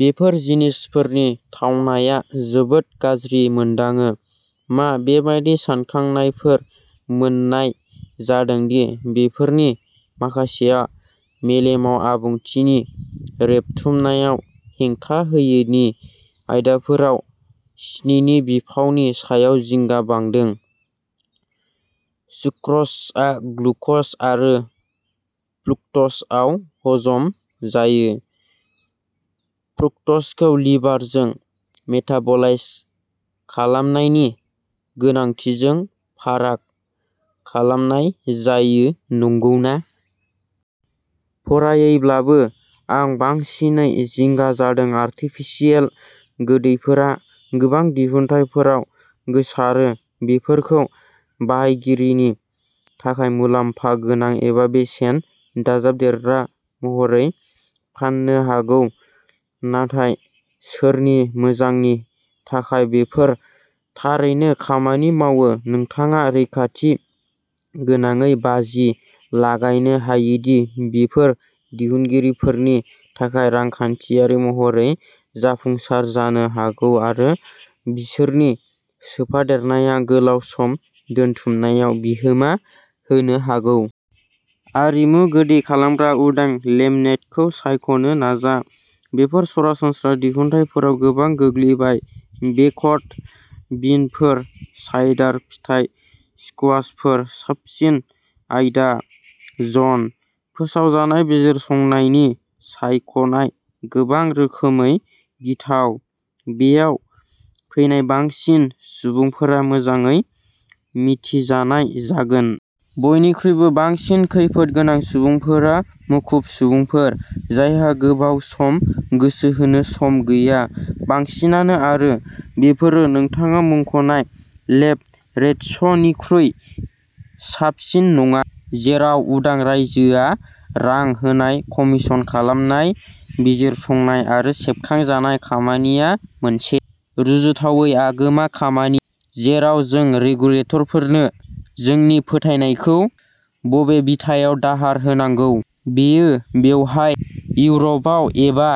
बेफोर जिनिसफोरनि थावनाया जोबोद गाज्रि मोनदाङो। मा बेबादि सानखांनायफोर मोननाय जादों दि बेफोरनि माखासेया मेलेमाव आबुंथिनि रेबथुमनायाव हेंथा होयो नि आयदाफोराव सिनिनि बिफावनि सायाव जिंगा बांदों। सुक्र'जआ ग्लुक'ज आरो फ्रुक्ट'जआव हजम जायो। फ्रुक्ट'जखौ लिभारजों मेटाबलाइज खालामनायनि गोनांथिजों फाराग खालामनाय जायो, नंगौना? फरायैब्लाबो, आं बांसिनै जिंगा जादों। आर्टिफिसियेल गोदैफोरा गोबां दिहुनथायफोराव गोसारो। बेफोरखौ बाहायगिरिनि थाखाय मुलाम्फा गोनां एबा बेसेन दाजाबदेरग्रा महरै फाननो हागौ, नाथाय सोरनि मोजांनि थाखाय बेफोर थारैनो खामानि मावो। नोंथाङा रैखाथि गोनाङै बाजि लागायनो हायो दि बेफोर दिहुनगिरिफोरनि थाखाय रांखान्थियारि महरै जाफुंसार जानो हागौ आरो बिसोरनि सोफादेरनाया गोलाव सम दोनथुमनायाव बिहोमा होनो हागौ। आरिमु गोदै खालामग्रा उदां लेमनेडखौ सायख'नो नाजा। बेफोर सरासनस्रा दिहुनथायफोराव गोबां गोग्लैबाय बेकड बिनफोर, साइडार, फिथाइ स्कुवाशफोर साबसिन आयदा जन। फोसावजानाय बिजिरसंनायनि सायख'नाया गोबां रोखोमै गिथाव। बेयाव फैनाय बांसिन सुबुंफोरा मोजाङै मिथिजानाय जागोन। बयनिख्रुइबो बांसिन खैफोद गोनां सुबुंफोरा मुखुब सुबुंफोर, जायहा गोबाव सम गोसो होनो सम गैया। बांसिनानो, आरो बेफोरो नोंथाङा मुंख'नाय लेब-रेटसनिख्रुइ साबसिन नङा। जेराव उदां रायजोआ रां होनाय, कमीशन खालामनाय, बिजिरसंनाय आरो सेबखांजानाय खामानिया मोनसे रुजुथावै आगोमा खामानि, जेराव जों रेगुलेटरफोरनो जोंनि फोथायनायखौ बबे बिथायाव दाहार होनांगौ, बेयो बेवहाय, इउर'पआव एबा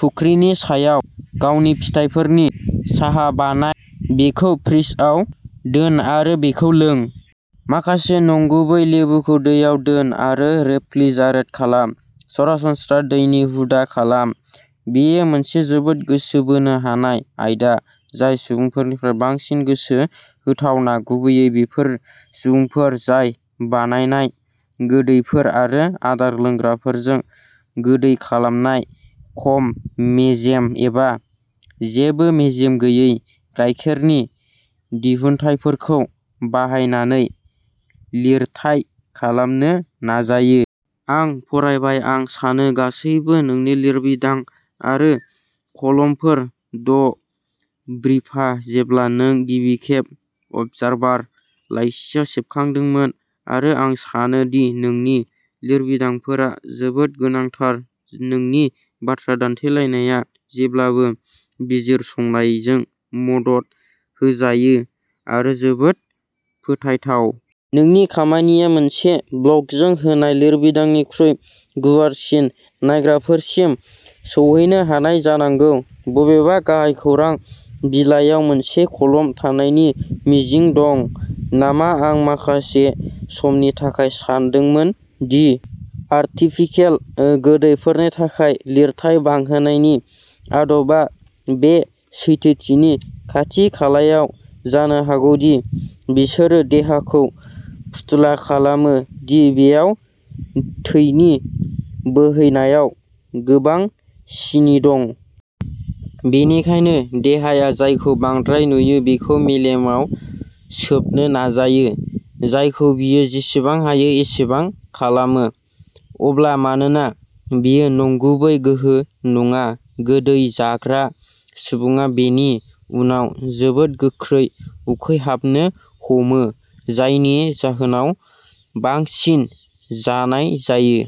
फुख्रिनि सायाव गावनि फिथाइफोरनि साहा बानाय, बेखौ फ्रिजआव दोन आरो बेखौ लों। माखासे नंगुबै लेबुखौ दैयाव दोन आरो रेफ्रिजारेट खालाम। सरासनस्रा दैनि हुदा खालाम। बेयो मोनसे जोबोद गोसो बोनो हानाय आयदा, जाय सुबुंफोरनिफ्राय बांसिन गोसो होथावना, गुबैयै बैफोर सुबुंफोर जाय बानायनाय गोदैफोर आरो आदार लोंग्राफोरजों गोदै खालामनाय खम मेजेम एबा जेबो मेजेम गैयै गायखेरनि दिहुनथायफोरखौ बाहायनानै लिरथाइ खालामनो नाजायो। आं फरायबाय, आं सानो, गासैबो। नोंनि लिरबिदां आरो कलमफोर, ड ब्रिफा, जेब्ला नों गिबिखेब अबजारभार लाइसिआव सेबखांदोंमोन आरो आं सानो दि नोंनि लिरबिदांफोरा जोबोद गोनांथार। नोंनि बाथ्रा दान्थेलायनाया जेब्लाबो बिजिरसंनायजों मदद होजायो आरो जोबोद फोथायथाव। नोंनि खामानिया मोनसे ब्लगजों होनाय लिरबिदांनिख्रुइ गुवारसिन नायग्राफोरसिम सौहैनो हानाय जानांगौ। बबेबा गाहाय खौरां बिलाइयाव मोनसे कलम थानायनि मिजिं दं नामा आं माखासे समनि थाखाय सानदोंमोन दि आरटिफिकेल गोदैफोरनि थाखाय लिरथाय बांहोनायनि आदबआ बे सैथोथिनि खाथि-खालायाव जानो हागौ दि बिसोरो देहाखौ फुथुला खालामो दि बेयाव थैनि बोहैनायाव गोबां सिनि दं। बेनिखायनो देहाया जायखौ बांद्राय नुयो बेखौ मेजेमाव सोबनो नाजायो, जायखौ बियो जेसेबां हायो एसेबां खालामो। अब्ला मानोना बेयो नंगुबै गोहो नङा, गोदै जाग्रा सुबुङा बेनि उनाव जोबोद गोख्रै उखैहाबनो हमो, जायनि जाहोनाव बांसिन जानाय जायो।